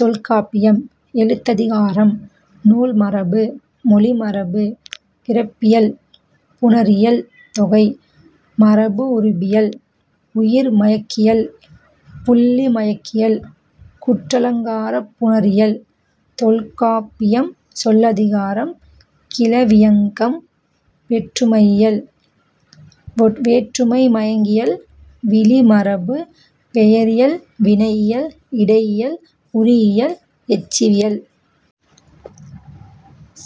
தொல்காப்பியம். எழுத்ததிகாரம் -- நூல் மரபு -- மொழி மரபு -- பிறப்பியல் -- புணரியல் தொகை மரபு உருபியல் --உயிர் மயங்கியல் -- புள்ளி மயங்கியல் குற்றியலுகரப் புணரியல். தொல்காப்பியம் சொல்லதிகாரம் -- கிளவியாக்கம் -- வேற்றுமையியல் -- வேற்றுமை மயங்கியல் -- விளி மரபு -- பெயரியல் -- வினையியல் -- இடையியல் -- உரியியல் -- எச்சவியல்.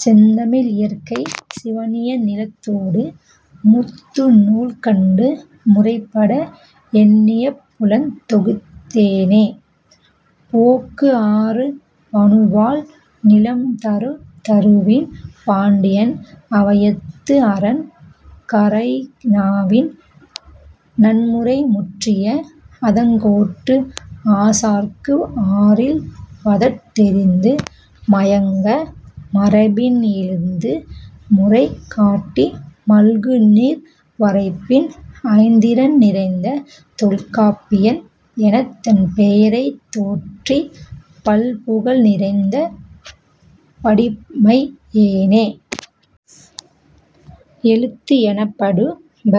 செந்தமிழ் இயற்கை சிவணிய நிலத்தொடு முந்து நூல் கண்டு முறைப்பட எண்ணிப் புலம் தொகுத்தோனே போக்கு அறு பனுவல் நிலம் தரு திருவின் பாண்டியன் அவையத்து அறம் கரை நாவின் நான்மறை முற்றிய அதங்கோட்டு ஆசாற்கு அரில் தபத் தெரிந்து மயங்கா மரபின் எழுத்து முறை காட்டி மல்கு நீர் வரைப்பின் ஐந்திரம் நிறைந்த தொல்காப்பியன் எனத் தன் பெயர் தோற்றிப் பல் புகழ் நிறுத்த படிமையோனே. எழுத்து எனப்படுப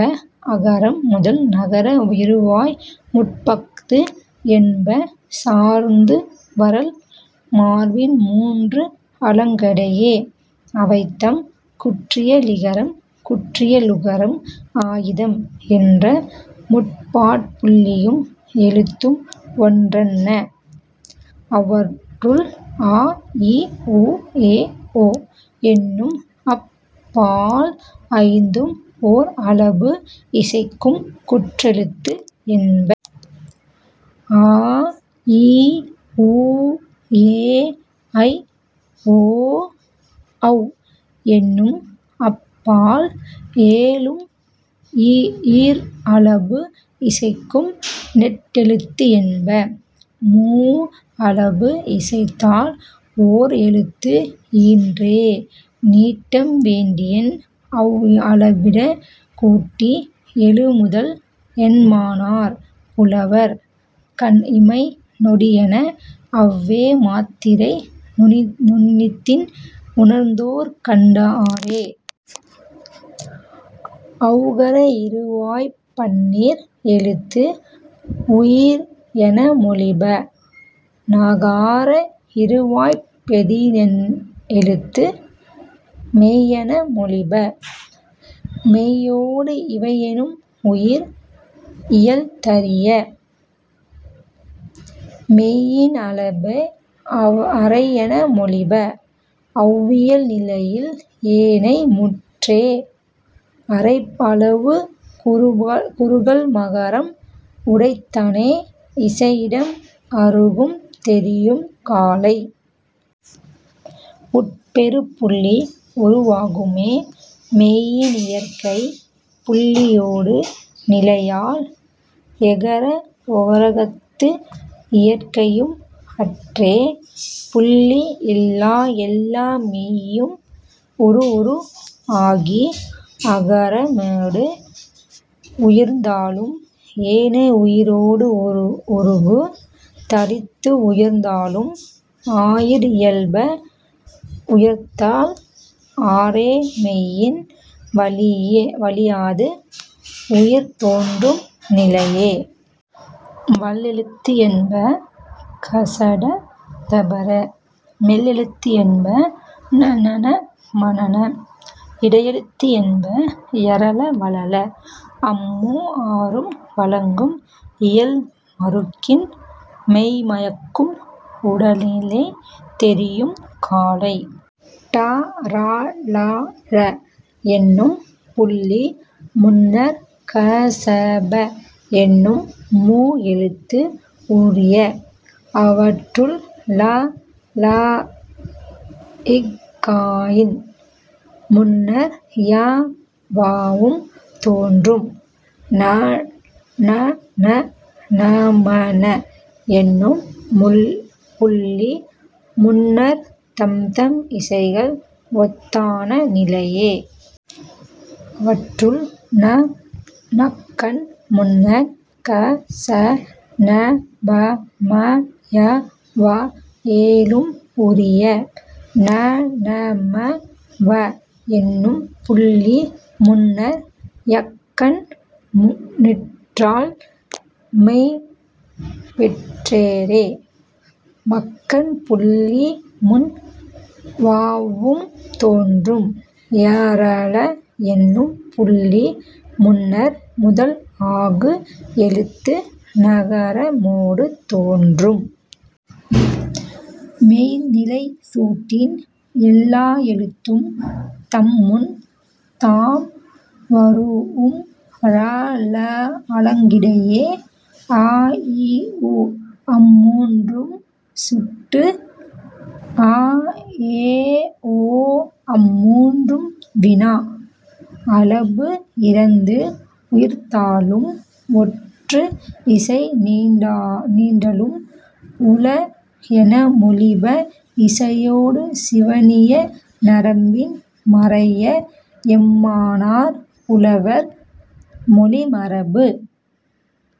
அகரம் முதல் னகர இறுவாய் முப்பஃது என்ப சார்ந்து வரல் மார்பின்ப மூன்று அலங்கடையே. அவைதாம், குற்றியலிகரம் குற்றியலுகரம் ஆய்தம் என்ற முப்பாற்புள்ளியும் எழுத்து ஓரன்ன. அவற்றுள், அ இ உ எ ஒ என்னும் அப் பால் ஐந்தும் ஓர் அளபு இசைக்கும் குற்றெழுத்து என்ப. ஆ ஈ ஊ ஏ ஐ ஓ ஔ என்னும் அப் பால் ஏழும் ஈர் அளபு இசைக்கும் நெட்டெழுத்து என்ப. மூ அளபு இசைத்தல் ஓர் எழுத்து இன்றே. நீட்டம் வேண்டின் அவ் அளபுடைய கூட்டி எழூஉதல் என்மனார் புலவர். கண் இமை நொடி என அவ்வே மாத்திரை நுண்ணிதின் உணர்ந்தோர் கண்ட ஆறே. ஔகார இறுவாய்ப் பன்னீர் எழுத்தும் உயிர் என மொழிப. னகார இறுவாய்ப் பதினெண் எழுத்தும் மெய் என மொழிப. மெய்யொடு இயையினும் உயிர் இயல் திரியா. மெய்யின் அளபே அரை என மொழிப. அவ் இயல் நிலையும் ஏனை மூன்றே. அரை அளபு குறுகல் மகரம் உடைத்தே இசையிடன் அருகும் தெரியும் காலை. உட் பெறு புள்ளி உரு ஆகும்மே. மெய்யின் இயற்கை புள்ளியொடு நிலையல். எகர ஒகரத்து இயற்கையும் அற்றே. புள்ளி இல்லா எல்லா மெய்யும் உரு உரு ஆகி அகரமொடு உயிர்த்தலும் ஏனை உயிரொடு உருவு திரிந்து உயிர்த்தலும் ஆயீர் இயல உயிர்த்தல் ஆறே. மெய்யின் வழியது உயிர் தோன்று நிலையே. வல்லெழுத்து என்ப க ச ட த ப ற. மெல்லெழுத்து என்ப ங ஞ ண ந ம ன. இடையெழுத்து என்ப ய ர ல வ ழ ள. அம் மூ ஆறும் வழங்கு இயல் மருங்கின் மெய்ம்மயக்கு உடனிலை தெரியும் காலை. ட ற ல ள என்னும் புள்ளி முன்னர் க ச ப என்னும் மூ எழுத்து உரிய. அவற்றுள், ல ளஃகான் முன்னர் ய வவும் தோன்றும். ங ஞ ண ந ம ன எனும் புள்ளி முன்னர் தம்தம் இசைகள் ஒத்தன நிலையே. அவற்றுள், ண னஃகான் முன்னர் க ச ஞ ப ம ய வ ஏழும் உரிய. ஞ ந ம வ என்னும் புள்ளி முன்னர் யஃகான் நிற்றல் மெய் பெற்றன்றே. மஃகான் புள்ளி முன் வவ்வும் தோன்றும். ய ர ழ என்னும் புள்ளி முன்னர் முதல் ஆகு எழுத்து ஙகரமொடு தோன்றும். மெய்ந் நிலை சுட்டின் எல்லா எழுத்தும் தம் முன் தாம் வரூஉம் ர ழ அலங்கடையே. அ இ உ அம் மூன்றும் சுட்டு. ஆ ஏ ஓ அம் மூன்றும் வினா. அளபு இறந்து உயிர்த்தலும் ஒற்று இசை நீடலும் உள என மொழிப இசையொடு சிவணிய நரம்பின் மறைய என்மனார் புலவர்.. மொழி மரபு।